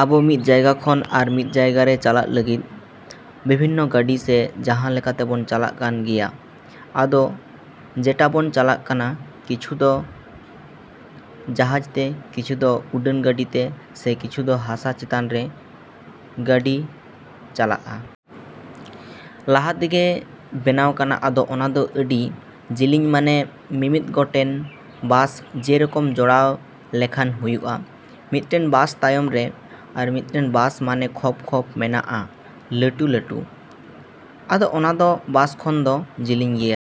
‎ᱟᱵᱚ ᱢᱤᱫ ᱡᱟᱭᱜᱟ ᱠᱷᱚᱱ ᱟᱨ ᱢᱤᱫ ᱡᱟᱭᱜᱟ ᱨᱮ ᱪᱟᱞᱟᱜ ᱞᱟᱹᱜᱤᱫ ᱵᱤᱵᱷᱤᱱᱱᱚ ᱜᱟᱹᱰᱤ ᱥᱮ ᱡᱟᱦᱟᱸ ᱞᱮᱠᱟ ᱛᱮᱵᱚᱱ ᱪᱟᱞᱟᱜ ᱠᱟᱱ ᱜᱮᱭᱟ᱾ ᱟᱫᱚ ᱡᱮᱴᱟ ᱵᱚᱱ ᱪᱟᱞᱟᱜ ᱠᱟᱱᱟ, ᱠᱤᱪᱷᱩ ᱫᱚ ᱡᱟᱦᱟᱡᱽ ᱛᱮ, ᱠᱤᱪᱷᱩ ᱫᱚ ᱩᱰᱟᱹᱱ ᱜᱟᱹᱰᱤ ᱛᱮ ᱥᱮ ᱠᱤᱪᱷᱩ ᱫᱚ ᱦᱟᱥᱟ ᱪᱮᱛᱟᱱ ᱨᱮ ᱜᱟᱹᱰᱤ ᱪᱟᱞᱟᱜᱼᱟ᱾ ᱞᱚᱦᱟ ᱛᱮᱜᱮ ᱵᱮᱱᱟᱣ ᱠᱟᱱᱟ ᱟᱫᱚ ᱚᱱᱟᱫᱚ ᱟᱹᱰᱤ ᱡᱤᱞᱤᱧ ᱢᱟᱱᱮ ᱢᱤᱢᱤᱫ ᱜᱚᱴᱮᱱ ᱵᱟᱥ ᱡᱮᱨᱚᱠᱚᱢ ᱡᱚᱲᱟᱣ ᱞᱮᱠᱷᱟᱱ ᱦᱩᱭᱩᱜᱼᱟ᱾ ᱢᱤᱫᱴᱮᱱ ᱵᱟᱥ ᱛᱟᱭᱚᱢ ᱨᱮ ᱟᱨ ᱢᱤᱫᱴᱟᱱ ᱵᱟᱥ ᱢᱟᱱᱮ ᱠᱷᱚᱯᱼᱠᱷᱚᱯ ᱢᱮᱱᱟᱜᱼᱟ ᱞᱟᱹᱴᱩᱼᱞᱟᱹᱴᱩ᱾ ᱟᱫᱚ ᱚᱱᱟᱫᱚ ᱵᱟᱥ ᱠᱷᱚᱱ ᱫᱚ ᱡᱤᱞᱤᱧ ᱜᱮᱭᱟ᱾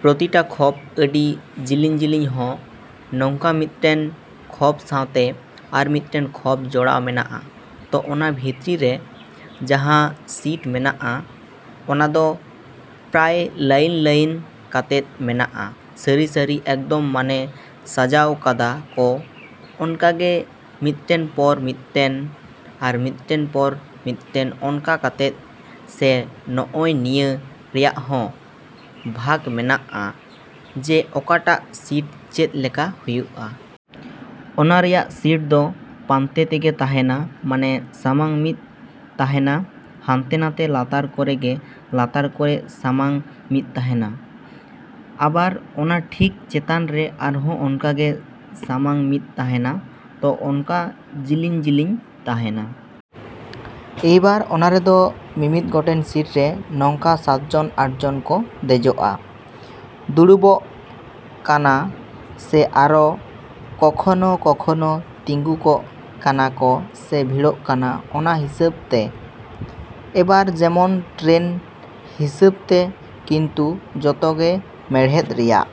ᱯᱨᱚᱛᱤᱴᱟ ᱠᱷᱚᱯ ᱟᱹᱰᱤ ᱡᱤᱞᱤᱧᱼᱡᱤᱞᱤᱧ ᱦᱚᱸ ᱱᱚᱝᱠᱟ ᱢᱤᱫᱴᱮᱱ ᱠᱷᱚᱯ ᱥᱟᱣᱛᱮ ᱟᱨᱢᱤᱫᱴᱮᱱ ᱠᱷᱚᱯ ᱡᱚᱲᱟᱣ ᱢᱮᱱᱟᱜᱼᱟ᱾ ᱛᱚ ᱚᱱᱟ ᱵᱷᱤᱛᱨᱤ ᱨᱮ ᱡᱟᱦᱟᱸ ᱥᱤᱴ ᱢᱮᱱᱟᱜᱼᱟ, ᱚᱱᱟᱫᱚ ᱯᱨᱟᱭ ᱞᱟᱭᱤᱱᱼᱞᱟᱭᱤᱱ ᱠᱟᱛᱮᱫ ᱢᱮᱱᱟᱜᱼᱟ ᱥᱟᱹᱨᱤᱼᱥᱟᱹᱨᱤ ᱮᱠᱫᱚᱢ ᱢᱟᱱᱮ ᱥᱟᱡᱟᱣ ᱠᱟᱫᱟ ᱠᱚ ᱚᱱᱠᱟᱜᱮ ᱢᱤᱫᱴᱮᱱ ᱯᱚᱨ ᱢᱤᱫᱴᱮᱱ ᱟᱨ ᱢᱤᱫᱴᱮᱱ ᱯᱚᱨ ᱢᱤᱫᱴᱮᱱ ᱚᱱᱠᱟ ᱠᱟᱛᱮᱫ ᱥᱮ ᱱᱚᱜᱼᱚᱭ ᱱᱤᱭᱟᱹ ᱨᱮᱭᱟᱜ ᱦᱚᱸ ᱵᱷᱟᱜᱽ ᱢᱮᱱᱟᱜᱼᱟ ᱡᱮ ᱚᱠᱟᱴᱟᱜ ᱥᱤᱴ ᱪᱮᱫ ᱞᱮᱠᱟ ᱦᱩᱭᱩᱜᱼᱟ᱾ ᱚᱱᱟ ᱨᱮᱭᱟᱜ ᱥᱤᱴ ᱫᱚ ᱯᱟᱱᱛᱮ ᱛᱮᱜᱮ ᱛᱟᱦᱮᱱᱟ ᱢᱟᱱᱮ ᱥᱟᱢᱟᱝ ᱢᱤᱫ ᱛᱟᱦᱮᱱᱟ ᱦᱟᱱᱛᱮ ᱱᱟᱛᱮ ᱞᱟᱛᱟᱨ ᱠᱚᱨᱮᱜᱮ ᱞᱟᱛᱟᱨ ᱠᱚᱨᱮ ᱥᱟᱢᱟᱝ ᱢᱤᱫ ᱛᱟᱦᱮᱱᱟ ᱟᱵᱟᱨ ᱚᱱᱟ ᱴᱷᱤᱠ ᱪᱮᱛᱟᱱ ᱨᱮ ᱟᱨᱦᱚᱸ ᱚᱱᱠᱟᱜᱮ ᱥᱟᱢᱟᱝ ᱢᱤᱫ ᱛᱟᱦᱮᱱᱟ᱾ ᱛᱚ ᱚᱱᱠᱟ ᱡᱤᱞᱤᱧᱼᱡᱤᱞᱤᱧ ᱛᱟᱦᱮᱱᱟ᱾ ᱮᱭᱵᱟᱨ ᱚᱱᱟ ᱨᱮᱫᱚ ᱢᱤᱢᱤᱫ ᱜᱚᱴᱮᱱ ᱥᱤᱴ ᱨᱮ ᱱᱚᱝᱠᱟ ᱥᱟᱛᱡᱚᱱ ᱟᱴᱡᱚᱱ ᱠᱚ ᱫᱮᱡᱚᱜᱼᱟ ,ᱫᱩᱲᱩᱵᱚᱜ ᱠᱟᱱᱟ ᱥᱮ ᱟᱨᱚ ᱠᱚᱠᱷᱚᱱᱚᱼᱠᱚᱠᱷᱚᱱᱚ ᱛᱤᱸᱜᱩ ᱠᱚᱜ ᱠᱟᱱᱟ ᱠᱚ ᱥᱮ ᱵᱷᱤᱲᱚᱜ ᱠᱟᱱᱟ ᱚᱱᱟ ᱦᱤᱥᱟᱹᱵᱽ ᱛᱮ᱾ ᱮᱵᱟᱨ ᱡᱮᱢᱚᱱ ᱴᱨᱮᱱ ᱦᱤᱥᱟᱹᱵᱽᱛᱮ ᱠᱤᱱᱛᱩ ᱡᱚᱛᱚᱜᱮ ᱢᱮᱬᱦᱮᱫ ᱨᱮᱭᱟᱜ᱾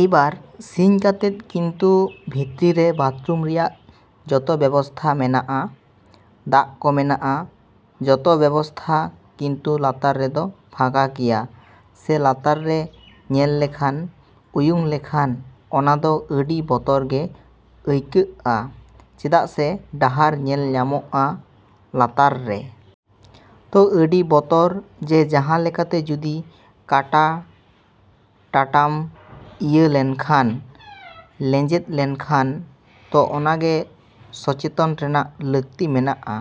ᱮᱭᱵᱟᱨ ᱥᱤᱧ ᱠᱟᱛᱮᱫ ᱠᱤᱱᱛᱩ ᱵᱷᱤᱛᱨᱤ ᱨᱮ ᱵᱟᱛᱨᱩᱢ ᱨᱮᱭᱟᱜ ᱡᱚᱛᱚ ᱵᱮᱵᱚᱥᱛᱷᱟ ᱢᱮᱱᱟᱜᱼᱟ, ᱫᱟᱜ ᱠᱚ ᱢᱮᱱᱟᱜᱼᱟ, ᱡᱚᱛᱚ ᱵᱮᱵᱚᱥᱛᱷᱟ ᱠᱤᱱᱛᱩ ᱞᱟᱛᱟᱨ ᱨᱮᱫᱚ ᱯᱷᱟᱸᱠᱟ ᱜᱮᱭᱟ ᱥᱮ ᱞᱟᱛᱟᱨ ᱨᱮ ᱧᱮᱞ ᱞᱮᱠᱷᱟᱱ ᱩᱭᱩᱝ ᱞᱮᱠᱷᱟᱱ ᱚᱱᱟᱫᱚ ᱟᱹᱰᱤ ᱵᱚᱛᱚᱨ ᱜᱮ ᱟᱹᱭᱠᱟᱹᱜᱼᱟ ᱪᱮᱫᱟᱜ ᱥᱮ ᱰᱟᱦᱟᱨ ᱧᱮᱞ ᱧᱟᱢᱚᱜᱼᱟ ᱞᱟᱛᱟᱨ ᱨᱮ᱾ ᱛᱚ ᱟᱹᱰᱤ ᱵᱚᱛᱚᱨ ᱡᱮ ᱡᱟᱦᱟᱸ ᱞᱮᱠᱟᱛᱮ ᱡᱩᱫᱤ ᱠᱟᱴᱟ ᱴᱟᱴᱟᱢ ᱤᱭᱟᱹ ᱞᱮᱱᱠᱷᱟᱱ ᱞᱮᱸᱡᱮᱫ ᱞᱮᱱᱠᱷᱟᱱ ᱛᱚ ᱚᱱᱟᱜᱮ ᱥᱚᱪᱮᱛᱚᱱ ᱨᱮᱱᱟᱜ ᱞᱟ.ᱠᱛᱤ ᱢᱮᱱᱟᱜ-ᱟ᱾